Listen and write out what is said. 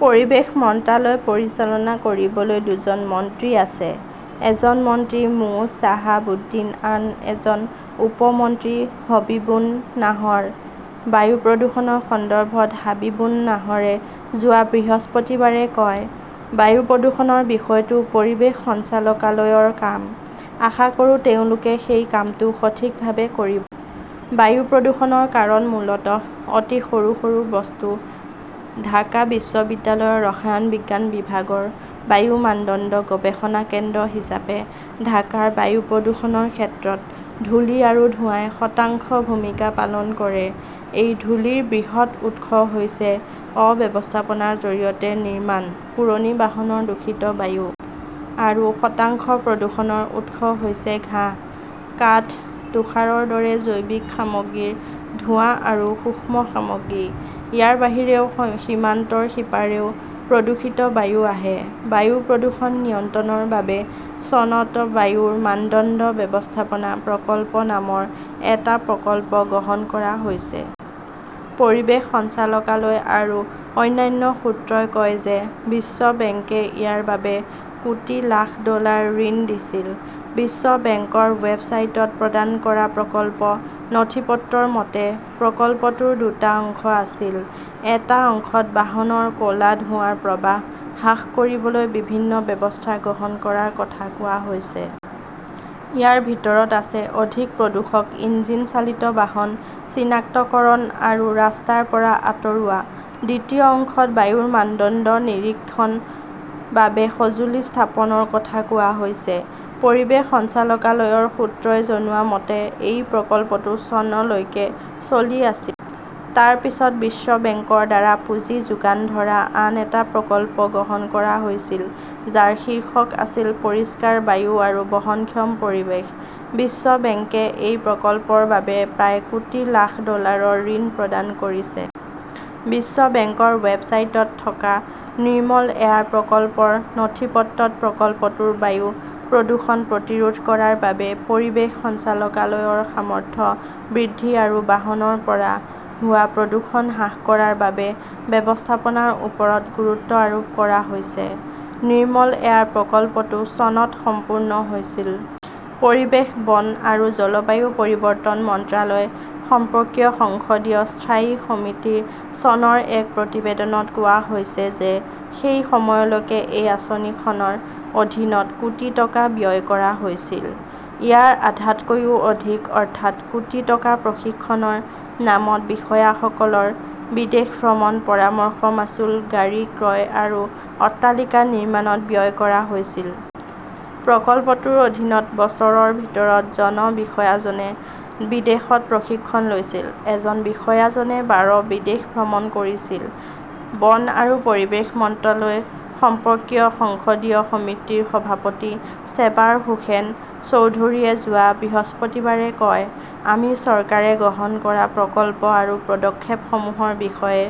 পৰিৱেশ মন্ত্ৰালয় পৰিচালনা কৰিবলৈ দুজন মন্ত্ৰী আছে। এজন মন্ত্ৰী মো. শ্বাহাব উদ্দিন, আন এজন উপ-মন্ত্ৰী হবীবুন নাহৰ। বায়ু প্ৰদূষণৰ সন্দৰ্ভত হাবিবুন নাহৰে যোৱা বৃহস্পতিবাৰে কয়, "বায়ু প্ৰদূষণৰ বিষয়টো পৰিৱেশ সঞ্চালকালয়ৰ কাম। আশা কৰোঁ তেওঁলোকে সেই কামটো সঠিকভাৱে কৰিব। 'বায়ু প্ৰদূষণৰ কাৰণ মূলতঃ অতি সৰু সৰু বস্তু। ঢাকা বিশ্ববিদ্যালয়ৰ ৰসায়ন বিজ্ঞান বিভাগৰ বায়ু মানদণ্ড গৱেষণা কেন্দ্ৰ হিচাপে ঢাকাৰ বায়ু প্ৰদূষণৰ ক্ষেত্ৰত ধূলি আৰু ধোঁৱাই শতাংশ ভূমিকা পালন কৰে। এই ধূলিৰ বৃহৎ উৎস হৈছে অব্যৱস্থাপনাৰ জৰিয়তে নিৰ্মাণ, পুৰণি বাহনৰ দূষিত বায়ু। আৰু শতাংশ প্ৰদূষণৰ উৎস হৈছে ঘাঁহ, কাঠ, তুষাৰৰ দৰে জৈৱিক সামগ্ৰীৰ ধোঁৱা আৰু সূক্ষ্ম সামগ্ৰী। ইয়াৰ বাহিৰেও সীমান্তৰ সিপাৰেও প্ৰদূষিত বায়ু আহে। বায়ু প্ৰদূষণ নিয়ন্ত্ৰণৰ বাবে চনত বায়ুৰ মানদণ্ড ব্যৱস্থাপনা প্ৰকল্প নামৰ এটা প্ৰকল্প গ্ৰহণ কৰা হৈছিল। পৰিৱেশ সঞ্চালকালয় আৰু অন্যান্য সূত্ৰই কয় যে বিশ্ব বেংকে ইয়াৰ বাবে কোটি লাখ ডলাৰ ঋণ দিছিল। বিশ্ব বেংকৰ ৱেবছাইটত প্ৰদান কৰা প্ৰকল্প নথিপত্ৰৰ মতে, প্ৰকল্পটোৰ দুটা অংশ আছিল। এটা অংশত বাহনৰ ক 'লা ধোঁৱাৰ প্ৰবাহ হ্ৰাস কৰিবলৈ বিভিন্ন ব্যৱস্থা গ্ৰহণ কৰাৰ কথা কোৱা হৈছে। ইয়াৰ ভিতৰত আছে অধিক প্ৰদূষক ইঞ্জিন চালিত বাহন চিনাক্তকৰণ আৰু ৰাস্তাৰ পৰা আঁতৰোৱা। দ্বিতীয় অংশত বায়ুৰ মানদণ্ড নিৰীক্ষণৰ বাবে সঁজুলি স্থাপনৰ কথা কোৱা হৈছে। পৰিৱেশ সঞ্চালকালয়ৰ সূত্ৰই জনোৱা মতে এই প্ৰকল্পটো চনলৈকে চলি আছিল। তাৰ পিছত বিশ্ব বেংকৰ দ্বাৰা পুঁজি যোগান ধৰা আন এটা প্ৰকল্প গ্ৰহণ কৰা হৈছিল, যাৰ শীৰ্ষক আছিল পৰিষ্কাৰ বায়ু আৰু বহনক্ষম পৰিৱেশ। বিশ্ব বেংকে এই প্ৰকল্পৰ বাবে প্ৰায় কোটি লাখ ডলাৰৰ ঋণ প্ৰদান কৰিছে। বিশ্ব বেংকৰ ৱেবছাইটত থকা নিৰ্মল এয়াৰ প্ৰকল্পৰ নথিপত্ৰত প্ৰকল্পটোৰ বায়ু প্ৰদূষণ প্ৰতিৰোধ কৰাৰ বাবে পৰিৱেশ সঞ্চালকালয়ৰ সামৰ্থ্য বৃদ্ধি আৰু বাহনৰ পৰা হোৱা প্ৰদূষণ হ্ৰাস কৰাৰ বাবে ব্যৱস্থাপনাৰ ওপৰত গুৰুত্ব আৰোপ কৰা হৈছে। নিৰ্মল এয়াৰ প্ৰকল্পটো চনত সম্পূৰ্ণ হৈছিল। পৰিৱেশ, বন আৰু জলবায়ু পৰিৱৰ্তন মন্ত্ৰালয় সম্পৰ্কীয় সংসদীয় স্থায়ী সমিতিৰ চনৰ এক প্ৰতিবেদনত কোৱা হৈছে যে সেই সময়লৈকে এই আঁচনিখনৰ অধীনত কোটি টকা ব্যয় কৰা হৈছিল। ইয়াৰ আধাতকৈও অধিক, অৰ্থাৎ কোটি টকা, প্ৰশিক্ষণৰ নামত বিষয়াসকলৰ বিদেশ ভ্ৰমণ, পৰামৰ্শ মাচুল, গাড়ী ক্ৰয় আৰু অট্টালিকা নিৰ্মাণত ব্যয় কৰা হৈছিল। প্ৰকল্পটোৰ অধীনত বছৰৰ ভিতৰত জন বিষয়াজনে বিদেশত প্ৰশিক্ষণ লৈছিল। এজন বিষয়াজনে বাৰ বিদেশ ভ্ৰমণ কৰিছিল। বন আৰু পৰিৱেশ মন্ত্ৰালয় সম্পৰ্কীয় সংসদীয় সমিতিৰ সভাপতি চেবাৰ হোসেন চৌধুৰীয়ে যোৱা বৃহস্পতিবাৰে কয়, "আমি চৰকাৰে গ্ৰহণ কৰা প্ৰকল্প আৰু পদক্ষেপসমূহৰ বিষয়ে